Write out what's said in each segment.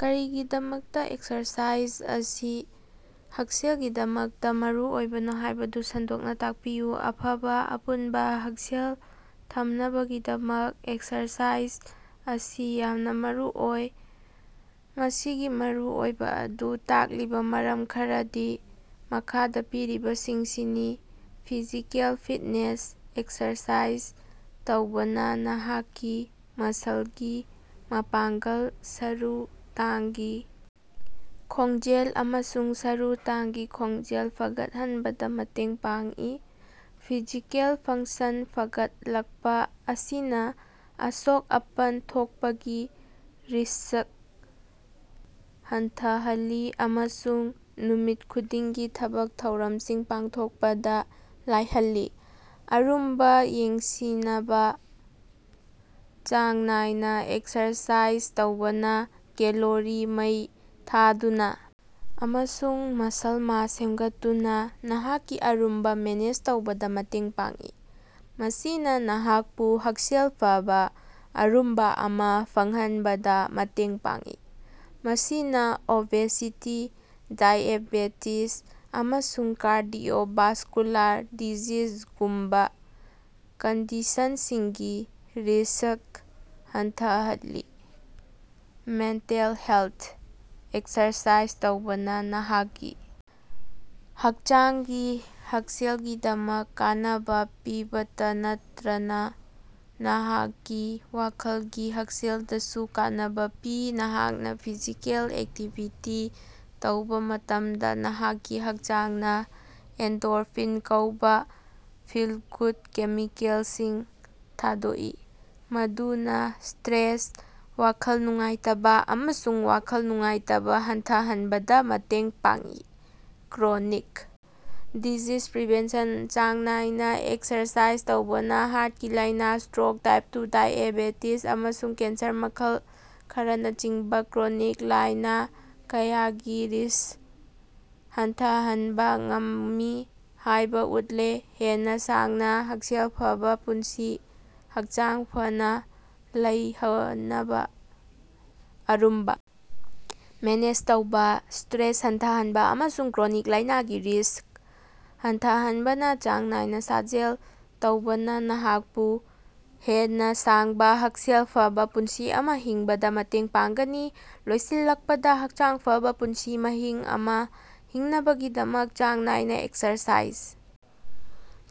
ꯀꯔꯤꯒꯤꯗꯃꯛꯇ ꯑꯦꯛꯁꯔꯁꯥꯏꯖ ꯑꯁꯤ ꯍꯛꯁꯦꯜꯒꯤꯗꯃꯛꯇꯥ ꯃꯔꯨꯑꯣꯏꯕꯅꯣ ꯍꯥꯏꯕꯗꯨ ꯁꯟꯗꯣꯛꯅ ꯇꯥꯛꯄꯤꯌꯨ꯫ ꯑꯐꯕ ꯑꯄꯨꯟꯕ ꯍꯛꯁꯦꯜ ꯊꯝꯅꯕꯒꯤꯗꯃꯛ ꯑꯦꯛꯁꯔꯁꯥꯏꯖ ꯑꯁꯤ ꯌꯥꯝꯅ ꯃꯔꯨꯑꯣꯏ꯫ ꯃꯁꯤꯒꯤ ꯃꯔꯨꯑꯣꯏꯕꯥ ꯑꯗꯨ ꯇꯥꯛꯂꯤꯕꯥ ꯃꯔꯝ ꯈꯔꯗꯤ ꯃꯈꯥꯗꯥ ꯄꯤꯔꯤꯕꯁꯤꯡꯁꯤꯅꯤ: ꯐꯤꯖꯤꯀꯦꯜ ꯐꯤꯠꯅꯦꯁ ꯑꯦꯛꯁꯔꯁꯥꯏꯖ ꯇꯧꯕꯅꯥ ꯅꯍꯥꯛꯀꯤ ꯃꯁꯂꯒꯤ ꯃꯄꯥꯡꯒꯜ, ꯁꯔꯨ ꯇꯥꯡꯒꯤ ꯈꯣꯡꯖꯦꯜ ꯑꯃꯁꯨꯡ ꯁꯔꯨ ꯇꯥꯡꯒꯤ ꯈꯣꯡꯖꯦꯜ ꯐꯒꯠꯍꯟꯕꯗꯥ ꯃꯇꯦꯡ ꯄꯥꯡꯏ꯫ ꯐꯤꯖꯤꯀꯦꯜ ꯐꯪꯛꯁꯟ ꯐꯒꯠꯂꯛꯄꯥ ꯑꯁꯤꯅꯥ ꯑꯁꯣꯛ-ꯑꯄꯟ ꯊꯣꯛꯄꯒꯤ ꯔꯤꯁꯛ ꯍꯟꯊꯍꯜꯂꯤ ꯑꯃꯁꯨꯡ ꯅꯨꯃꯤꯠ ꯈꯨꯗꯤꯡꯒꯤ ꯊꯕꯛ ꯊꯧꯔꯝꯁꯤꯡ ꯄꯥꯡꯊꯣꯛꯄꯗꯥ ꯂꯥꯏꯍꯜꯂꯤ ꯫ ꯑꯔꯨꯝꯕꯥ ꯌꯦꯡꯁꯤꯅꯕꯥ: ꯆꯥꯡ ꯅꯥꯏꯅꯥ ꯑꯦꯛꯁꯔꯁꯥꯏꯖ ꯇꯧꯕꯅꯥ ꯀꯦꯂꯣꯔꯤ ꯃꯩ ꯊꯥꯗꯨꯅꯥ ꯑꯃꯁꯨꯡ ꯃꯁꯜ ꯃꯥꯁ ꯁꯦꯝꯒꯠꯇꯨꯅꯥ ꯅꯍꯥꯛꯀꯤ ꯑꯔꯨꯝꯕꯥ ꯃꯦꯅꯦꯖ ꯇꯧꯕꯗꯥ ꯃꯇꯦꯡ ꯄꯥꯡꯏ꯫ ꯃꯁꯤꯅꯥ ꯅꯍꯥꯛꯄꯨ ꯍꯛꯁꯦꯜ ꯐꯕꯥ ꯑꯔꯨꯝꯕꯥ ꯑꯃꯥ ꯐꯪꯍꯟꯕꯗꯥ ꯃꯇꯦꯡ ꯄꯥꯡꯏ, ꯃꯁꯤꯅꯥ ꯑꯣꯕꯦꯁꯤꯇꯤ, ꯗꯥꯏꯑꯦꯕꯦꯇꯤꯖ, ꯑꯃꯁꯨꯡ ꯀꯥꯔꯗꯤꯑꯣꯚꯥꯁ꯭ꯀꯨꯂꯥꯔ ꯗꯤꯖꯤꯖꯒꯨꯝꯕꯥ ꯀꯟꯗꯤꯁꯟꯁꯤꯡꯒꯤ ꯔꯤꯁꯛ ꯍꯟꯊꯍꯜꯂꯤ꯫ ꯃꯦꯟꯇꯦꯜ ꯍꯦꯜꯊ: ꯑꯦꯛꯁꯔꯁꯥꯏꯖ ꯇꯧꯕꯅꯥ ꯅꯍꯥꯛꯀꯤ ꯍꯛꯆꯥꯡꯒꯤ ꯍꯛꯁꯦꯜꯒꯤꯗꯃꯛ ꯀꯥꯟꯅꯕꯥ ꯄꯤꯕꯇꯥ ꯅꯠꯇꯔꯅꯥ ꯅꯍꯥꯛꯀꯤ ꯋꯥꯈꯜꯒꯤ ꯍꯛꯁꯦꯜꯗꯁꯨ ꯀꯥꯟꯅꯕꯥ ꯄꯤ꯫ ꯅꯍꯥꯛꯅꯥ ꯐꯤꯖꯤꯀꯦꯜ ꯑꯦꯛꯇꯤꯚꯤꯇꯤ ꯇꯧꯕꯥ ꯃꯇꯝꯗꯥ, ꯅꯍꯥꯛꯀꯤ ꯍꯛꯆꯥꯡꯅꯥ ꯑꯦꯟꯗꯣꯔꯐꯤꯟ ꯀꯧꯕꯥ ꯐꯤꯜ-ꯒꯨꯗ ꯀꯦꯃꯤꯀꯦꯜꯁꯤꯡ ꯊꯥꯗꯣꯛꯏ, ꯃꯗꯨꯅꯥ ꯁ꯭ꯇꯔꯦꯁ, ꯋꯥꯈꯜ ꯅꯨꯡꯉꯥꯏꯇꯕꯥ ꯑꯃꯁꯨꯡ ꯋꯥꯈꯜ ꯅꯨꯡꯉꯥꯏꯇꯕꯥ ꯍꯟꯊꯍꯟꯕꯗꯥ ꯃꯇꯦꯡ ꯄꯥꯡꯏ꯫ ꯀ꯭ꯔꯣꯅꯤꯛ ꯗꯤꯖꯤꯖ ꯄ꯭ꯔꯤꯚꯦꯟꯁꯟ: ꯆꯥꯡ ꯅꯥꯏꯅꯥ ꯑꯦꯛꯁꯔꯁꯥꯏꯖ ꯇꯧꯕꯅꯥ ꯍꯥꯔꯇꯀꯤ ꯂꯥꯏꯅꯥ, ꯁ꯭ꯇꯔꯣꯛ, ꯇꯥꯏꯞ ꯇꯨ ꯗꯥꯏꯑꯦꯕꯦꯇꯤꯖ, ꯑꯃꯁꯨꯡ ꯀꯦꯟꯁꯔ ꯃꯈꯜ ꯈꯔꯅꯆꯤꯡꯕꯥ ꯀ꯭ꯔꯣꯅꯤꯛ ꯂꯥꯏꯅꯥ ꯀꯌꯥꯒꯤ ꯔꯤꯁꯛ ꯍꯟꯊꯍꯟꯕ ꯉꯝꯃꯤ ꯍꯥꯏꯕꯥ ꯎꯠꯂꯦ꯫ ꯍꯦꯟꯅꯥ ꯁꯥꯡꯅꯥ, ꯍꯛꯁꯦꯜ ꯐꯕꯥ ꯄꯨꯟꯁꯤ: ꯍꯛꯆꯥꯡ ꯐꯅꯥ ꯂꯩꯍꯅꯕꯥ, ꯑꯔꯨꯝꯕꯥ ꯃꯦꯅꯦꯖ ꯇꯧꯕꯥ, ꯁ꯭ꯇꯔꯦꯁ ꯍꯟꯊꯍꯟꯕ ꯑꯃꯁꯨꯡ ꯀ꯭ꯔꯣꯅꯤꯛ ꯂꯥꯏꯅꯥꯒꯤ ꯔꯤꯁꯛ ꯍꯟꯊꯍꯟꯕꯅꯥ ꯆꯥꯡ ꯅꯥꯏꯅꯥ ꯁꯥꯖꯦꯜ ꯇꯧꯕꯅꯥ ꯅꯍꯥꯛꯄꯨ ꯍꯦꯟꯅꯥ ꯁꯥꯡꯕꯥ, ꯍꯛꯁꯦꯜ ꯐꯕꯥ ꯄꯨꯟꯁꯤ ꯑꯃꯥ ꯍꯤꯡꯕꯗꯥ ꯃꯇꯦꯡ ꯄꯥꯡꯒꯅꯤ꯫ ꯂꯣꯏꯁꯤꯜꯂꯛꯄꯗꯥ, ꯍꯛꯆꯥꯡ ꯐꯕꯥ ꯄꯨꯟꯁꯤ ꯃꯍꯤꯡ ꯑꯃ ꯍꯤꯡꯅꯕꯒꯤꯗꯃꯛ ꯆꯥꯡ ꯅꯥꯏꯅꯥ ꯑꯦꯛꯁꯔꯁꯥꯏꯖ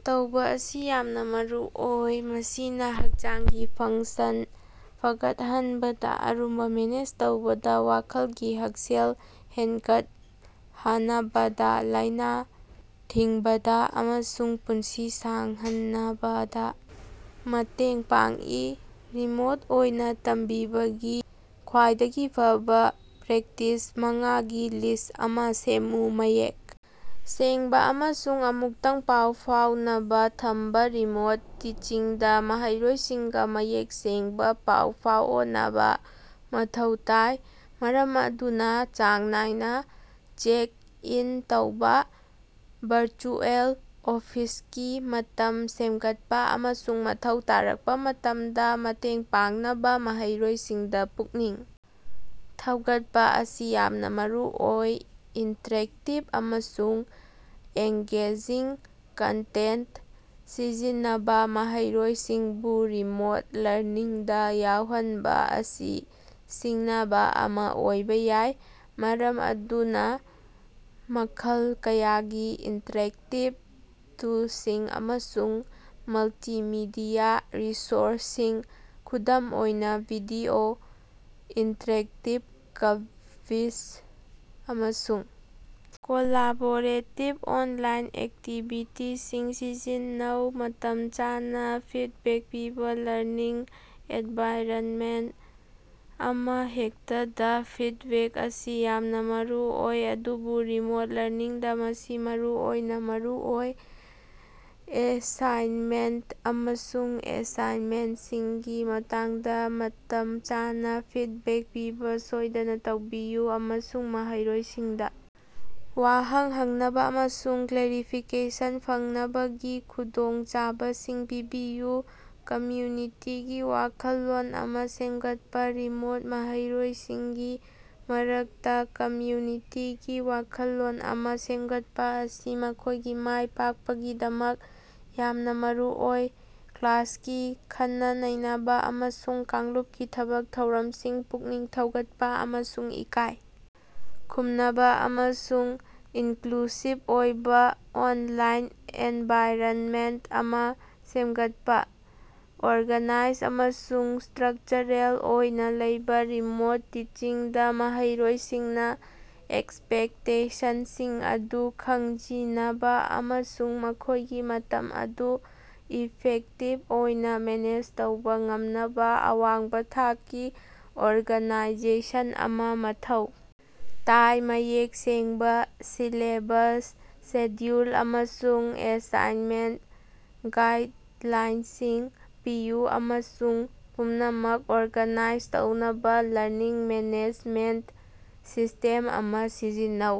ꯇꯧꯕꯥ ꯑꯁꯤ ꯌꯥꯝꯅꯥ ꯃꯔꯨꯑꯣꯏ꯫ ꯃꯁꯤꯅꯥ ꯍꯛꯆꯥꯡꯒꯤ ꯐꯪꯛꯁꯟ ꯐꯒꯠꯍꯟꯕꯗꯥ, ꯑꯔꯨꯝꯕꯥ ꯃꯦꯅꯦꯖ ꯇꯧꯕꯗꯥ, ꯋꯥꯈꯜꯒꯤ ꯍꯛꯁꯦꯜ ꯍꯦꯟꯒꯠꯍꯅꯕꯗꯥ, ꯂꯥꯏꯅꯥ ꯊꯤꯡꯕꯗꯥ ꯑꯃꯁꯨꯡ ꯄꯨꯟꯁꯤ ꯁꯥꯡꯍꯅꯕꯗꯥ ꯃꯇꯦꯡ ꯄꯥꯡꯏ꯫ ꯔꯤꯃꯣꯠ ꯑꯣꯏꯅꯥ ꯇꯝꯕꯤꯕꯒꯤ ꯈ꯭ꯋꯥꯏꯗꯒꯤ ꯐꯕꯥ ꯄ꯭ꯔꯦꯛꯇꯤꯁ ꯃꯉꯥ ꯒꯤ ꯂꯤꯁꯠ ꯑꯃ ꯁꯦꯝꯃꯨ꯫ ꯃꯌꯦꯛ ꯁꯦꯡꯕꯥ ꯑꯃꯁꯨꯡ ꯑꯃꯨꯛꯇꯪ ꯄꯥꯎ ꯐꯥꯎꯅꯕꯥ ꯊꯝꯕꯥ ꯔꯤꯃꯣꯠ ꯇꯤꯆꯤꯡꯗꯥ ꯃꯍꯩꯔꯣꯏꯁꯤꯡꯒꯥ ꯃꯌꯦꯛ ꯁꯦꯡꯕꯥ ꯄꯥꯎ ꯐꯥꯑꯣꯅꯕꯥ ꯃꯊꯧ ꯇꯥꯏ, ꯃꯔꯝ ꯑꯗꯨꯅꯥ ꯆꯥꯡ ꯅꯥꯏꯅꯥ ꯆꯦꯛ-ꯏꯟ ꯇꯧꯕꯥ, ꯚꯔꯆꯨꯑꯦꯜ ꯑꯣꯐꯤꯁꯀꯤ ꯃꯇꯝ ꯁꯦꯝꯒꯠꯄꯥ, ꯑꯃꯁꯨꯡ ꯃꯊꯧ ꯇꯥꯔꯛꯄꯥ ꯃꯇꯝꯗ ꯃꯇꯦꯡ ꯄꯥꯡꯅꯕꯥ ꯃꯍꯩꯔꯣꯏꯁꯤꯡꯗꯥ ꯄꯨꯛꯅꯤꯡ ꯊꯧꯒꯠꯄꯥ ꯑꯁꯤ ꯌꯥꯝꯅꯥ ꯃꯔꯨꯑꯣꯏ꯫ ꯏꯟꯇꯔꯦꯛꯇꯤꯕ ꯑꯃꯁꯨꯡ ꯑꯦꯡꯒꯦꯖꯤꯡ ꯀꯟꯇꯦꯟꯇ ꯁꯤꯖꯤꯟꯅꯕꯥ: ꯃꯍꯩꯔꯣꯏꯁꯤꯡꯕꯨ ꯔꯤꯃꯣꯠ ꯂꯔꯅꯤꯡꯗꯥ ꯌꯥꯎꯍꯟꯕꯥ ꯑꯁꯤ ꯁꯤꯡꯅꯕꯥ ꯑꯃ ꯑꯣꯏꯕꯥ ꯌꯥꯏ, ꯃꯔꯝ ꯑꯗꯨꯅꯥ ꯃꯈꯜ ꯀꯌꯥꯒꯤ ꯏꯟꯇꯔꯦꯛꯇꯤꯕ ꯇꯨꯜꯁꯤꯡ ꯑꯃꯁꯨꯡ ꯃꯜꯇꯤꯃꯤꯗꯤꯌꯥ ꯔꯤꯁꯣꯔꯁꯁꯤꯡ, ꯈꯨꯗꯝ ꯑꯣꯏꯅꯥ ꯚꯤꯗꯤꯑꯣ, ꯏꯟꯇꯔꯦꯛꯇꯤꯕ ꯀ꯭ꯕꯤꯖ, ꯑꯃꯁꯨꯡ ꯀꯣꯂꯥꯕꯣꯔꯦꯇꯤꯕ ꯑꯣꯟꯂꯥꯏꯟ ꯑꯦꯛꯇꯤꯕꯤꯇꯤꯁꯤꯡ ꯁꯤꯖꯤꯟꯅꯧ꯫ ꯃꯇꯝ ꯆꯥꯅꯥ ꯐꯤꯗꯕꯦꯛ ꯄꯤꯕꯥ ꯂꯔꯅꯤꯡ ꯑꯦꯟꯚꯥꯏꯔꯅꯃꯦꯟꯇ ꯑꯃꯍꯦꯛꯇꯗꯥ ꯐꯤꯗꯕꯦꯛ ꯑꯁꯤ ꯌꯥꯝꯅꯥ ꯃꯔꯨꯑꯣꯏ, ꯑꯗꯨꯕꯨ ꯔꯤꯃꯣꯠ ꯂꯔꯅꯤꯡꯗꯥ ꯃꯁꯤ ꯃꯔꯨꯑꯣꯏꯅꯥ ꯃꯔꯨꯑꯣꯏ꯫ ꯑꯦꯁꯥꯏꯟꯃꯦꯟꯇ ꯑꯃꯁꯨꯡ ꯑꯦꯁꯦꯁꯃꯦꯟꯇꯁꯤꯡꯒꯤ ꯃꯇꯥꯡꯗꯥ ꯃꯇꯝ ꯆꯥꯅꯥ ꯐꯤꯗꯕꯦꯛ ꯄꯤꯕꯥ ꯁꯣꯏꯗꯅꯥ ꯇꯧꯕꯤꯌꯨ, ꯑꯃꯁꯨꯡ ꯃꯍꯩꯔꯣꯏꯁꯤꯡꯗꯥ ꯋꯥꯍꯪ ꯍꯪꯅꯕꯥ ꯑꯃꯁꯨꯡ ꯀ꯭ꯂꯦꯔꯤꯐꯤꯀꯦꯁꯟ ꯐꯪꯅꯕꯒꯤ ꯈꯨꯗꯣꯡꯆꯥꯕꯁꯤꯡ ꯄꯤꯕꯤꯌꯨ꯫ ꯀꯝꯃ꯭ꯌꯨꯅꯤꯇꯤꯒꯤ ꯋꯥꯈꯜꯂꯣꯟ ꯑꯃꯥ ꯁꯦꯝꯒꯠꯄꯥ: ꯔꯤꯃꯣꯠ ꯃꯍꯩꯔꯣꯏꯁꯤꯡꯒꯤ ꯃꯔꯛꯇꯥ ꯀꯝꯃ꯭ꯌꯨꯅꯤꯇꯤꯒꯤ ꯋꯥꯈꯜꯂꯣꯟ ꯑꯃꯥ ꯁꯦꯝꯒꯠꯄꯥ ꯑꯁꯤ ꯃꯈꯣꯏꯒꯤ ꯃꯥꯏ ꯄꯥꯛꯄꯒꯤꯗꯃꯛ ꯌꯥꯝꯅꯥ ꯃꯔꯨꯑꯣꯏ꯫ ꯀ꯭ꯂꯥꯁꯀꯤ ꯈꯟꯅ-ꯅꯩꯅꯕꯥ ꯑꯃꯁꯨꯡ ꯀꯥꯡꯂꯨꯞꯀꯤ ꯊꯕꯛ-ꯊꯧꯔꯝꯁꯤꯡ ꯄꯨꯛꯅꯤꯡ ꯊꯧꯒꯠꯄꯥ, ꯑꯃꯁꯨꯡ ꯏꯀꯥꯏ ꯈꯨꯝꯅꯕꯥ ꯑꯃꯁꯨꯡ ꯏꯟꯀꯂꯨꯁꯤꯚ ꯑꯣꯏꯕꯥ ꯑꯣꯟꯂꯥꯏꯟ ꯑꯦꯟꯚꯥꯏꯔꯅꯃꯦꯟꯇ ꯑꯃꯥ ꯁꯦꯝꯒꯠꯄꯥ꯫ ꯑꯣꯔꯒꯥꯅꯥꯏꯖ ꯑꯃꯁꯨꯡ ꯁ꯭ꯇꯔꯛꯆꯔꯦꯜ ꯑꯣꯏꯅꯥ ꯂꯩꯕꯥ ꯔꯤꯃꯣꯠ ꯇꯤꯆꯤꯡꯗꯥ ꯃꯍꯩꯔꯣꯏꯁꯤꯡꯅ ꯑꯦꯛꯁꯄꯦꯛꯇꯦꯁꯟꯁꯤꯡ ꯑꯗꯨ ꯈꯪꯖꯤꯅꯕꯥ ꯑꯃꯁꯨꯡ ꯃꯈꯣꯏꯒꯤ ꯃꯇꯝ ꯑꯗꯨ ꯏꯐꯦꯛꯇꯤꯚ ꯑꯣꯏꯅꯥ ꯃꯦꯅꯦꯖ ꯇꯧꯕꯥ ꯉꯝꯅꯕꯥ ꯑꯋꯥꯡꯕ ꯊꯥꯛꯀꯤ ꯑꯣꯔꯒꯥꯅꯥꯏꯖꯦꯁꯟ ꯑꯃꯥ ꯃꯊꯧ ꯇꯥꯏ꯫ ꯃꯌꯦꯛ ꯁꯦꯡꯕꯥ ꯁꯤꯂꯦꯕꯁ, ꯁꯦꯗ꯭ꯌꯨꯜ, ꯑꯃꯁꯨꯡ ꯑꯦꯁꯥꯏꯟꯃꯦꯟꯇ ꯒꯥꯏꯗꯂꯥꯏꯟꯁꯤꯡ ꯄꯤꯌꯨ, ꯑꯃꯁꯨꯡ ꯄꯨꯝꯅꯃꯛ ꯑꯣꯔꯒꯥꯅꯥꯏꯖ ꯇꯧꯅꯕ ꯂꯔꯅꯤꯡ ꯃꯦꯅꯦꯖꯃꯦꯟꯇ ꯁꯤꯁꯇꯦꯝ ꯑꯃꯥ ꯁꯤꯖꯤꯟꯅꯧ꯫